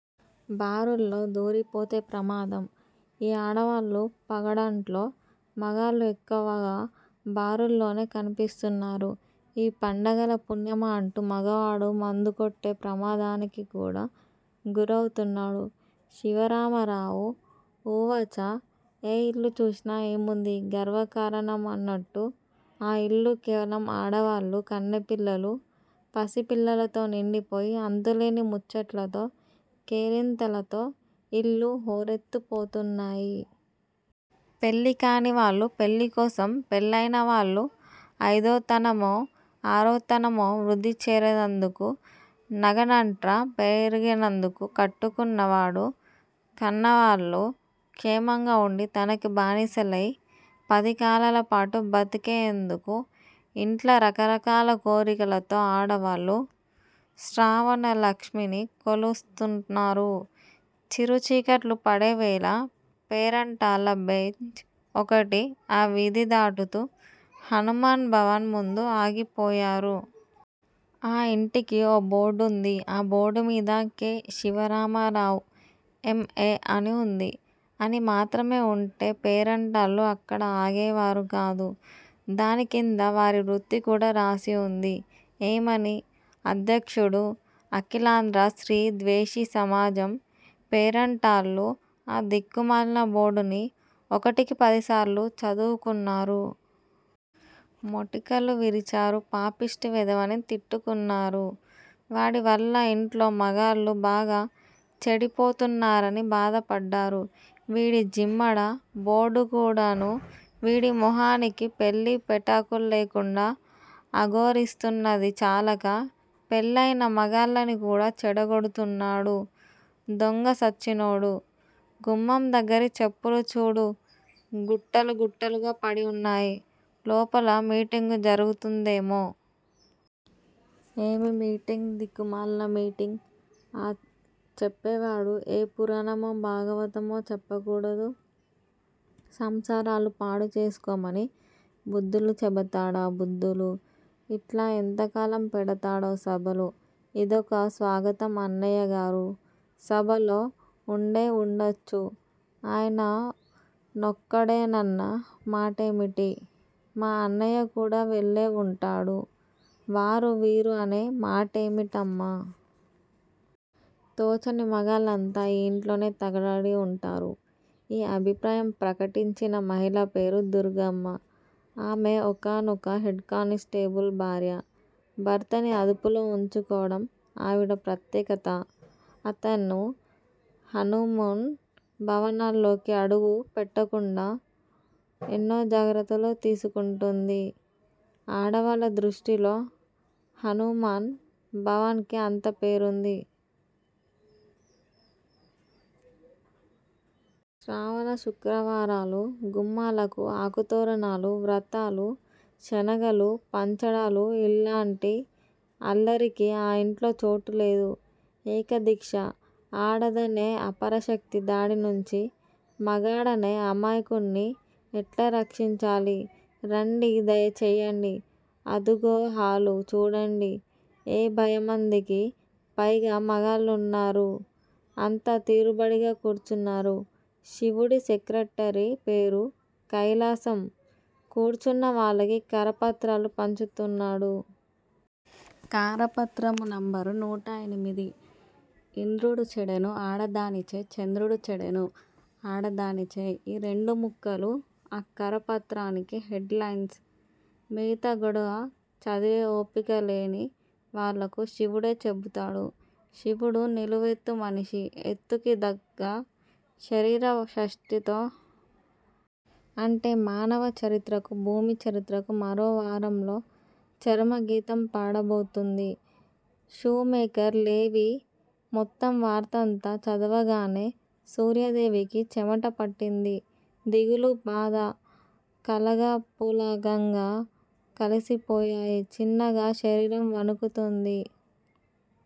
బారుల్లో దూరిపోతే ప్రమాదం. ఈ ఆడవాళ్ళు పంగడట్లో మగాళ్లు ఎక్కువగా బారుల్లోనే కనిపిస్తున్నారు. ఈ పండగల పుణ్యమా అంటూ మగవాడు మందుకొట్టే ప్రమాదానికి కూడా గురవుతున్నాడు-శివరామారావు ఉవాచ ఏ ఇల్లు చూసినా ఏముంది గర్వకారణమన్నట్టు-ఆ ఇల్లు కేవలం ఆడవాళ్ళూ, కన్నె పిల్లలూ, పసిపిల్లలతో నిండిపోయి అంతులేని ముచ్చట్లతో, కేరింతలతో ఇళ్ళు హోరెత్తిపోతున్నాయి. పెళ్ళి కానివాళ్ళు పెళ్ళికోసం-పెళ్ళయిన వాళ్ళు అయిదోతనమో ఆరోతనమో వృద్ధి చెంరేదందుకు నగానట్రా పెరిగినందుకు కట్టుకున్న వాడూ, కన్నవాళ్ళు క్షేమంగా వుండి తనకి బానిసలై పదికాలాలపాటు బతికేందుకు. ఇంట్లా రకరకాల కోరికలతో ఆడవాళ్లు శ్రావణలక్ష్మిని కొలుస్తున్నారు. చిరుచీకట్లు పడేవేళ పేరంటాళ్ళ బేచ్ ఒకటి ఆ వీధి దాటుతూ హనుమాన్ భవన్ ముందు ఆగిపోయారు. ఆ ఇంటికి ఓ బోర్డుంది. ఆ బోర్డుమీద కె. శివరామారావు ఎం. ఎ. అని వుంది. అని మాత్రమే వుంటే పేరంటాళ్లు అక్కడ ఆగేవారు కాదు. దానికింద వారి వృత్తి కూడా రాసి వుంది. ఏమని? అధ్యక్షుడు. అఖిలాంధ్ర స్త్రీ ద్వేషీ సమాజం. పేరంటాళ్లు ఆ దిక్కుమాలిన బోర్డుని ఒకటికి పదిసార్లు చదువుకున్నారు. మొటికలు విరిచేరు. పాపిష్ఠి వెధవని తిట్టుకున్నారు. వాడివల్ల ఇంట్లో మగాళ్ళు బాగా చెడిపోతున్నారని బాధపడ్డారు. వీడి జిమ్మడ! బోర్డుకూడాను వీడి మొహానికి? పెళ్ళీ పెటాకుల్లేకుండా అఘోరిస్తున్నది చాలక పెళ్ళయిన మగాళ్ళని కూడా చెడగొడుతున్నాడు దొంగచచ్చినోడు. గుమ్మందగ్గర చెప్పులు చూడు గుట్టలు గుట్టలుగా పడి ఉన్నాయి. లోపల మీటింగు జరుగుతూందేమో! ఏమి మీటింగ్ దిక్కుమాలిన మీటింగ్! ఆ చెప్పేవాడు ఏ పురాణమో, భాగవతమో చెప్పకూడదూ? సంసారాలు పాడుచేసుకోమని బుద్ధులు చెబుతాడా బుద్ధులు! ఇట్లా ఎంతకాలం పెడతాడో సభలు! ఇదొక స్వాగతం. అన్నయ్యగారు సభలో ఉండేవుండొచ్చు! ఆయన నొక్కడేనన్న మాటేమిటి? మా అన్నయ్య కూడా వెళ్ళేవుంటాడు.. వారూ వీరూ అనే మాటేమిటమ్మా! తోచని మగాళ్ళంతా ఈ ఇంట్లోనే తగలడి వుంటారు. -ఈ అభిప్రాయం ప్రకటించిన మహిళ పేరు దుర్గమ్మ. ఆమె ఒకానొక హెడ్ కానిస్టేబుల్ భార్య. భర్తని అదుపులో వుంచుకోవడం ఆవిడ ప్రత్యేకత. అతన్ను హనుమాన్ భవనంలోకి అడుగు పెట్టకుండా ఎన్నో జాగ్రత్తలు తీసుకుంటోంది. ఆడవాళ్ళ దృష్టిలో హనుమాన్ భవన్ కి అంత పేరుంది! శ్రావణ శుక్రవారాలు, గుమ్మాలకు ఆకుతోరణాలు, వ్రతాలు, శనగలు పంచడాలూ ఇల్లాంటి అల్లరికి ఆ ఇంట్లో చోటులేదు. ఏకదీక్ష! ఆడదనే అపరశక్తి దాడినుంచి మగాడనే అమాయకుడ్ని ఎట్లా రక్షించాలి? రండి దయచేయండి అదుగో హాలు. చూడండి. ఏభయిమందికి పైగా మగాళ్ళున్నారు. అంతా తీరుబడిగా కూర్చున్నారు. శివుడి సెక్రటరీ-పేరు కైలాసం-కూర్చున్న వాళ్ళకి కరపత్రాలు పంచుతున్నాడు. కరపత్రం నెంబరు నూట ఎనిమిది! ఇంద్రుడు చెడెను ఆడదానిచే చంద్రుడు చెడెను ఆడదానిచే -ఈ రెండు ముక్కలూ ఆ కరపత్రానికి హెడ్ లైన్సు! మిగతా గొడవ చదివే ఓపిక లేని వాళ్ళకి శివుడే చెబుతాడు. శివుడు నిలువెత్తు మనిషి, ఎత్తుకి దగ్గ శరీర పుష్టితో అంటే మానవ చరిత్రకు, భూమి చరిత్రకు మరో వారంలో చరమగీతం పాడబోతుంది షూమేకర్- లెవీ- మొత్తం వార్తంతా చదవగానే సూర్యదేవికి చెమటపట్టింది. దిగులు, బాధా కలగాపులగంగా కలిసిపోయాయి. చిన్నగా శరీరం వణుకుతోంది.